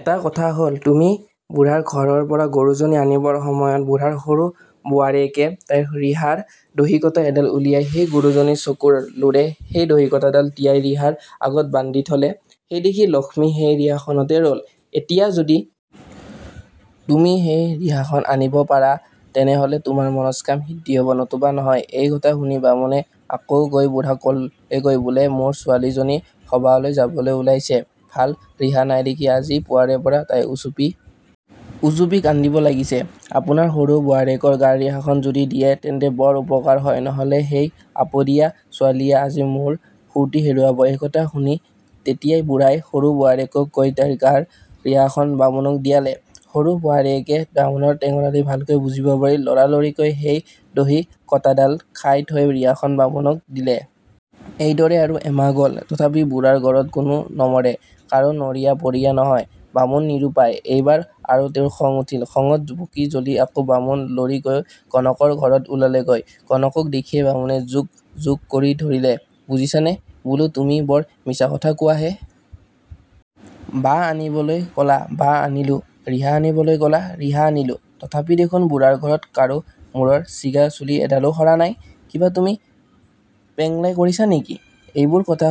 এটা কথা হ'ল,-তুমি বুঢ়াৰ ঘৰৰপৰা গৰুজনী আনিবৰ সময়ত বুঢ়াৰ সৰু বোৱাৰীয়েকে তাইৰ ৰিহাৰ দহিকটা এডাল উলিয়াই সেই গৰুজনীৰ চকুৰ লোৰে সেই দহিকটাডাল তিয়াই ৰিহাৰ আগত বান্ধি থ'লে, সেইদেখি লক্ষ্মী সেই ৰিহাখনতে ৰ'ল৷ এতিয়া যদি তুমি সেই ৰিহাখনষ আনিব পাৰা তেনেহলে তোমাৰ মনস্কাম সিদ্ধি হব, নতুবা নহয়৷ " এই কথা শুনি বামুণে আকৌ গৈ বুঢ়াক ক'লেগৈ বোলে "মোৰ ছোৱালীজনী সবাহলৈ যাবলৈ ওলাইছে; ভাল ৰিহা নাই দেখি আজি পুৱাৰেপৰা তাই উচুপি উজুপি কান্দিব লাগিছে; আপোনাৰ সৰু বোৱাৰীয়েকৰ গাৰ ৰিহাখন যদি দিয়ে তেন্তে বৰ উপকাৰ হয়, নহলে সেই আপদীয়া ছোৱালীয়ে আজি মোৰ সূৰ্ত্তি হেৰুৱাব৷ "এই কথা শুনি তেতিয়াই বুঢ়াই সৰু বোৱাৰীয়েকক কৈ তাইৰ গাৰ ৰিহাখন বামুণক দিয়ালে৷ সৰু বোৱাৰীয়েকে বামুণৰ টেঙৰালি ভালকৈ বুজিব পাৰি লৰালৰিকৈ সেই দহিকটাডাল খাই থৈ ৰিহাখন বামুণক দিলে৷। এইদৰে আৰু এমাহ গ'ল তথাপি বুঢ়াৰ ঘৰত কোনো নমৰে, কাৰো নৰীয়া-পৰীয়া নহয়৷ বামুণ নিৰুপায়৷ এইবাৰ আৰু তেওঁৰ খং উঠিল৷ খঙত পকি-জ্বলি আকৌ বামুণ লৰি গৈ গণকৰ ঘৰত ওলালগৈ৷ গণকক দেখিয়েই বামুণে জোক্ জোক্ কৰে ধৰিলে, "বুজিছা নে বোলোঁ, তুমি বৰ মিছা কথা কোৱাঁ হেঁ! বাঁহ আনিবলৈ ক'লা বাঁহ আনিলোঁ, ৰিহা আনিবলৈ ক'লা ৰিহা আনিলোঁ, তথাপি দেখোন বুঢ়াৰ ঘৰত কাৰো মূৰৰ ছিগা চুলি এডালো সৰা নাই? কিবা তুমি পেংলাই কৰিছা নে কি? এনেবোৰ কথা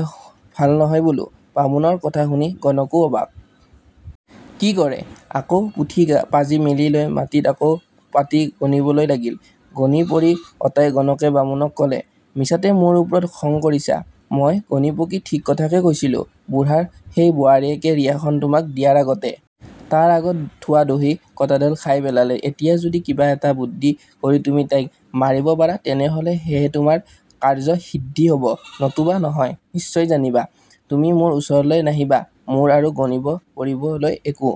ভাল নহয় বোলোঁ৷ "বামুণৰ কথা শুনি গণকো অবাক! কি কৰে? আকৌ পুথি-পাঁজি মেলি লৈ মাটিত আঁক পাতি গণিবলৈ লাগিল৷ গণি-পঢ়ি অঁতাই গণকে বামুণক ক'লে, "মিছাতে মোৰ ওপৰত খং কৰিছা৷ মই গণি-পকি ঠিক কথাকে কৈছিলোঁ৷ বুঢ়াৰ সেই বোৱাৰীয়েকে ৰিহাখন তোমাক দিয়াৰ আগতে তাৰ আগত থোৱা দহিকটাডাল খাই পেলালে৷ এতিয়া যদি কিবা এটা বুদ্ধি কৰি তুমি তাইক মাৰিব পাৰা তেনেহলে হে তোমাৰ কাৰ্য্য সিদ্ধি হব, নতুবা নহয় নিশ্চয় জানিবা৷ তুমি মোৰ ওচৰলৈ নাহিবা, মোৰ আৰু গণিব-পঢ়িবলৈ একো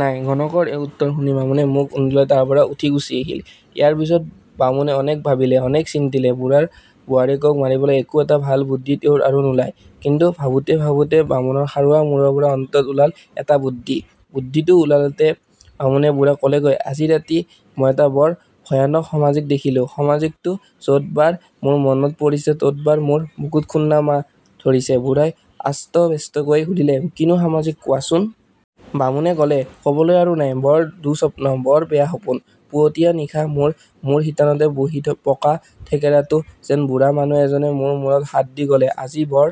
নাই৷ "গণকৰ এই উত্তৰ শুনি বামুণে মুখ ওন্দোলাই তাৰপৰা উঠি গুচি আহিল৷ ইয়াৰ পিছত বামুণে অনেক ভাবিলে অনেকে চিন্তিলে৷ বুঢ়াৰ বোৱাৰীয়েকক মাৰিবলৈ একো এটা ভাল বুধি তেওঁৰ আৰু নোলায়৷ কিন্তু ভাবোঁতে ভাবোঁতে বামুণৰ সাৰুৱা মূৰৰপৰা অন্তত ওলাল এটা বুধি৷ বুধিটো ওলালতে বামুণে বুঢ়াক কলেগৈ "আজি ৰাতি মই এটা বৰ ভয়ানক সমাজিক দেখিলো৷ সমাজিকটো যতবাৰ মোৰ মনত পৰিছে, ততবাৰ মোৰ বুকুত খুন্দা মাৰি ধৰিছে৷ "বুঢ়াই আস্তবেস্তকৈ সুধিলে, "কিনো সমাজিক কোৱাচোন? "বামুণে ক'লে-"কবলৈ আৰু নাই! বৰ দু:স্বপ্ন! বৰ বেয়া সপোন! পুঁৱতীয়া নিশা মোৰ মূৰশিতানতে বহি থ পকা-থেকেৰাটো যেন বুঢ়া মানুহ এজনে মোৰ মূৰত হাত দি ক'লে-"আজি বৰ